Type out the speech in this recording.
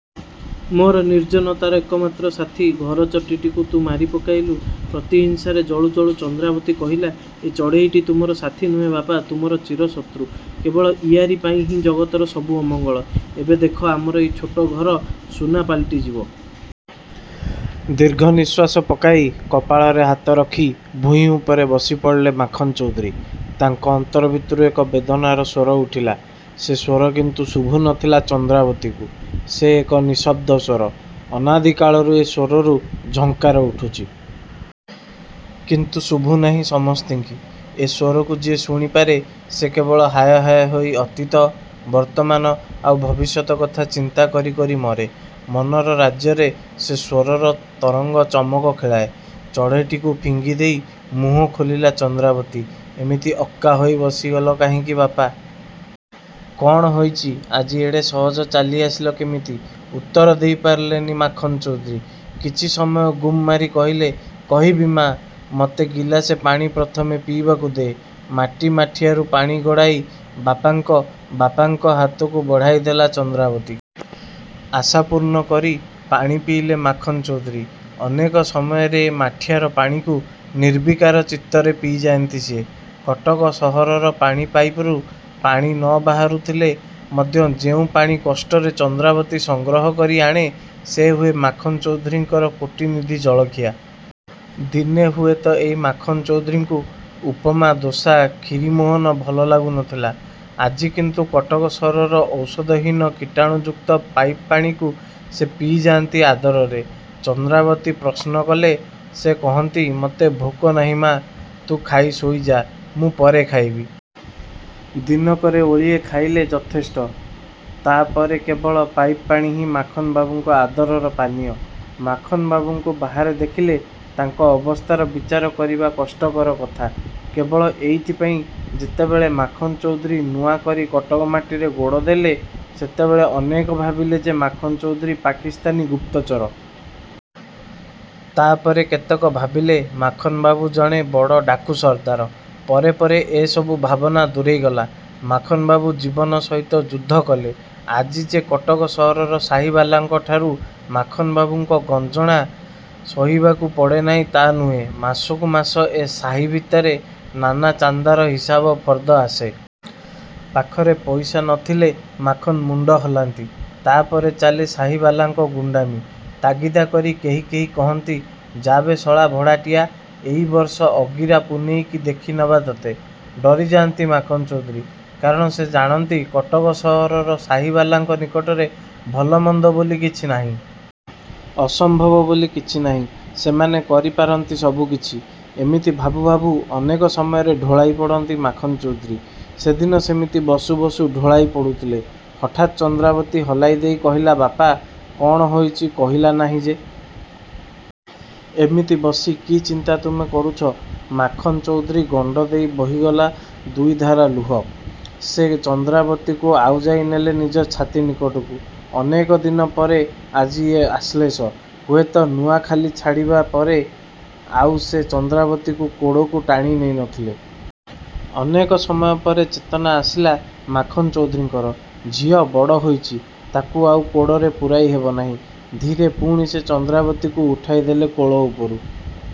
ମୋର ନିର୍ଜନତାର ଏକମାତ୍ର ସାଥୀ ଘରଚଟୀଟିକୁ ତୁ ମାରି ପକାଇଲୁ? ପ୍ରତିହିଂସାରେ ଜଳୁ ଜଳୁ ଚନ୍ଦ୍ରାବତୀ କହିଲା ଏ ଚଢେଇଟି ତୁମର ସାଥୀ ନୁହେଁ ବାପା ତୁମର ଚିର ଶତ୍ରୁ। କେବଳ ଇଆରି ପାଇଁ ହିଁ ଜଗତର ସବୁ ଅମଙ୍ଗଳ। ଏବେ ଦେଖ ଆମର ଏଇ ଛୋଟ ଘର ସୁନା ପାଲ୍ଟି ଯିବ। ଦୀର୍ଘ ନିଃଶ୍ୱାସ ପକାଇ କପାଳରେ ହାତ ରଖି ଭୂଇଁ ଉପରେ ବସି ପଡ଼ିଲେ ମାଖନ୍ଚୌଧୁରୀ। ତାଙ୍କ ଅନ୍ତର ଭିତରୁ ଏକ ବେଦନାର ସ୍ୱର ଉଠିଲା। ସେ ସ୍ୱର କିନ୍ତୁ ଶୁଭୁ ନ ଥିଲା ଚନ୍ଦ୍ରାବତୀକୁ। ସେ ଏକ ନିଃଶବ୍ଦସ୍ୱର। ଅନାଦି କାଳରୁ ଏ ସ୍ୱରରୁ ଝଙ୍କାର ଉଠୁଛି। କିନ୍ତୁ ଶୁଭୁନାହିଁ ସମସ୍ତିଙ୍କି। ଏ ସ୍ୱରକୁ ଯିଏ ଶୁଣିପାରେ ସେ କେବଳ ହାୟ ହାୟ ହୋଇ ଅତୀତ ବର୍ତ୍ତମାନ ଆଉ ଭବିଷ୍ୟତ କଥା ଚିନ୍ତା କରି କରି ମରେ। ମନର ରାଜ୍ୟରେ ସେ ସ୍ୱରର ତରଙ୍ଗ ଚମକ ଖେଳାଏ। ଚଢ଼େଇଟିକୁ ଫିଙ୍ଗିଦେଇ ମୁହଁ ଖୋଲିଲା ଚନ୍ଦ୍ରାବତି ଏମିତି ଅକ୍କା ହୋଇ ବସିଗଲା କାହିଁକି ବାପା? କଣ ହେଇଚି? ଆଜି ଏଡ଼େ ସହଜ ଚାଲି ଆସିଲ କେମିତି? ଉତ୍ତର ଦେଇ ପାରିଲେ ନି ମାଖନ୍ଚୌଧୁରୀ। କିଛି ସମୟ ଗୁମ୍ମାରି କହିଲେ କହିବି ମା ମୋତେ ଗିଲାସେ ପାଣି ପ୍ରଥମେ ପିଇବାକୁ ଦେ। ମାଟି ମାଠିଆରୁ ପାଣି ଗଡ଼ାଇ ବାପାଙ୍କ ବାପାଙ୍କ ହାତକୁ ବଢ଼ାଇ ଦେଲା ଚନ୍ଦ୍ରାବତୀ। ଆଶାପୂର୍ଣ୍ଣ କରି ପାଣି ପିଇଲେ ମାଖନ୍ଚୌଧୁରୀ। ଅନେକ ସମୟରେ ଏ ମାଠିଆର ପାଣିକୁ ନିର୍ବିକାର ଚିତ୍ତରେ ପିଇଯାଆନ୍ତି ସେ। କଟକ ସହରର ପାଣି ପାଇପାରୁ ପାଣି ନ ବାହାରୁଥିଲେ ମଧ୍ୟ ଯେଉଁ ପାଣି କଷ୍ଟରେ ଚନ୍ଦ୍ରାବତୀ ସଂଗ୍ରହ କରି ଆଣେ ସେ ହୁଏ ମାଖନ୍ଚୌଧୁରୀଙ୍କର କୋଟିନିଧି ଜଳଖିଆ। ଦିନେ ହୁଏତ ଏଇ ମାଖନ୍ଚୌଧୁରୀଙ୍କୁ ଉପମା ଦୋସା ଖିରିମୋହନ ଭଲ ଲାଗୁ ନ ଥିଲା। ଆଜି କିନ୍ତୁ କଟକ ସହରର ଔଷଧହୀନ କୀଟାଣୁଯୁକ୍ତ ପାଇପ୍ ପାଣିକୁ ସେ ପିଇ ଯାଆନ୍ତି ଆଦରରେ। ଚନ୍ଦ୍ରାବତୀ ପ୍ରଶ୍ନକଲେ ସେ କହନ୍ତି ମୋତେ ଭୋକ ନାହିଁ ମା ତୁ ଖାଇ ଶୋଇ ଯା, ମୁଁ ପରେ ଖାଇବି। ଦିନକରେ ଓଳିଏ ଖାଇଲେ ଯଥେଷ୍ଟ। ତାପରେ କେବଳ ପାଇପ୍ପାଣି ହିଁ ମାଖନ୍ବାବୁଙ୍କ ଆଦରର ପାନୀୟ। ମାଖନ୍ବାବୁଙ୍କୁ ବାହାରେ ଦେଖିଲେ ତାଙ୍କ ଅବସ୍ଥାର ବିଚାର କରିବା କଷ୍ଟକର କଥା। କେବଳ ଏଇଥିପାଇଁ ଯେତେବେଳେ ମାଖନ୍ଚୌଧୁରୀ ନୂଆ କରି କଟକ ମାଟିରେ ଗୋଡ଼ ଦେଲେ ସେତେବେଳେ ଅନେକ ଭାବିଲେ ଯେ ମାଖନ୍ଚୌଧୁରୀ ପାକିସ୍ଥାନୀ ଗୁପ୍ତଚର। ତାପରେ କେତେକ ଭାବିଲେ ମାଖନ୍ବାବୁ ଜଣେ ବଡ଼ ଡାକୁ ସର୍ଦ୍ଦାର। ପରେ ପରେ ଏ ସବୁ ଭାବନା ଦୂରେଇ ଗଲା। ମାଖନ୍ବାବୁ ଜୀବନ ସହିତ ଯୁଦ୍ଧ କଲେ। ଆଜି ଯେ କଟକ ସହରର ସାହୀବାଲାଙ୍କଠାରୁ ମାଖନ୍ବାବୁଙ୍କ ଗଞ୍ଜଣା ସହିବାକୁ ପଡ଼େ ନାହିଁ ତାହା ନୁହେଁ। ମାସକୁ ମାସ ଏ ସାହୀ ଭିତରେ ନାନା ଚାନ୍ଦାର ହିସାବ ଫର୍ଦ୍ଦ ଆସେ। ପାଖରେ ପଇସା ନ ଥିଲେ ମାଖନ୍ ମୁଣ୍ଡ ହଲାନ୍ତି। ତାପରେ ଚାଲେ ସାହୀବାଲାଙ୍କ ଗୁଣ୍ତାମୀ। ତାଗିଦା କରି କେହି କେହି କହନ୍ତି ଯାବେ ଶଳା ଭଡ଼ାଟିଆ ଏଇ ବର୍ଷ ଅଗିରା ପୂନେଇକି ଦେଖିନବା ତୋତେ। ଡରିଯାଆନ୍ତି ମାଖନ୍ଚୌଧୁରୀ। କାରଣ ସେ ଜାଣନ୍ତି କଟକ ସହରର ସାହୀବାଲାଙ୍କ ନିକଟରେ ଭଲ ମନ୍ଦ ବୋଲି କିଛି ନାହିଁ। ଅସମ୍ଭବ ବୋଲି କିଛି ନାହିଁ। ସେମାନେ କରି ପାରନ୍ତି ସବୁକିଛି। ଏମିତି ଭାବୁ ଭାବୁ ଅନେକ ସମୟରେ ଢୋଳାଇ ପଡ଼ନ୍ତି ମାଖନ୍ଚୌଧୁରୀ। ସେଦିନ ସେମିତି ବସୁ ବସୁ ଢୋଳାଇ ପଡ଼ୁଥିଲେ। ହଠାତ୍ ଚନ୍ଦ୍ରାବତୀ ହଲାଇ ଦେଇ କହିଲା ବାପା କଣ ହୋଇଚି କହିଲା ନାହିଁ ଯେ? ଏମିତି ବସି କି ଚିନ୍ତା ତୁମେ କରୁଛ? ମାଖନ୍ ଚୌଧୁରୀ ଗଣ୍ଡଦେଇ ବହିଗଲା ଦୁଇଧାରା ଲୁହ। ସେ ଚନ୍ଦ୍ରାବତୀକୁ ଆଉଜାଇ ନେଲେ ନିଜ ଛାତି ନିକଟକୁ। ଅନେକ ଦିନ ପରେ ଆଜି ଏ ଆଶ୍ଲେଷ। ହୁଏତ ନୂଆଖାଲି ଛାଡ଼ିବା ପରେ ଆଉ ସେ ଚନ୍ଦ୍ରାବତୀକୁ କୋଡ଼କୁ ଟାଣିନେଇ ନ ଥିଲେ। ଅନେକ ସମୟ ପରେ ଚେତନା ଆସିଲା ମାଖନ୍ଚୌଧୁରୀଙ୍କର। ଝିଅ ବଡ଼ ହୋଇଛି। ତାକୁ ଆଉ କୋଡ଼ରେ ପୂରାଇ ହେବନାହିଁ। ଧୀରେ ପୁଣି ସେ ଚନ୍ଦ୍ରାବତୀକୁ ଉଠାଇ ଦେଲେ କୋଳ ଉପରୁ।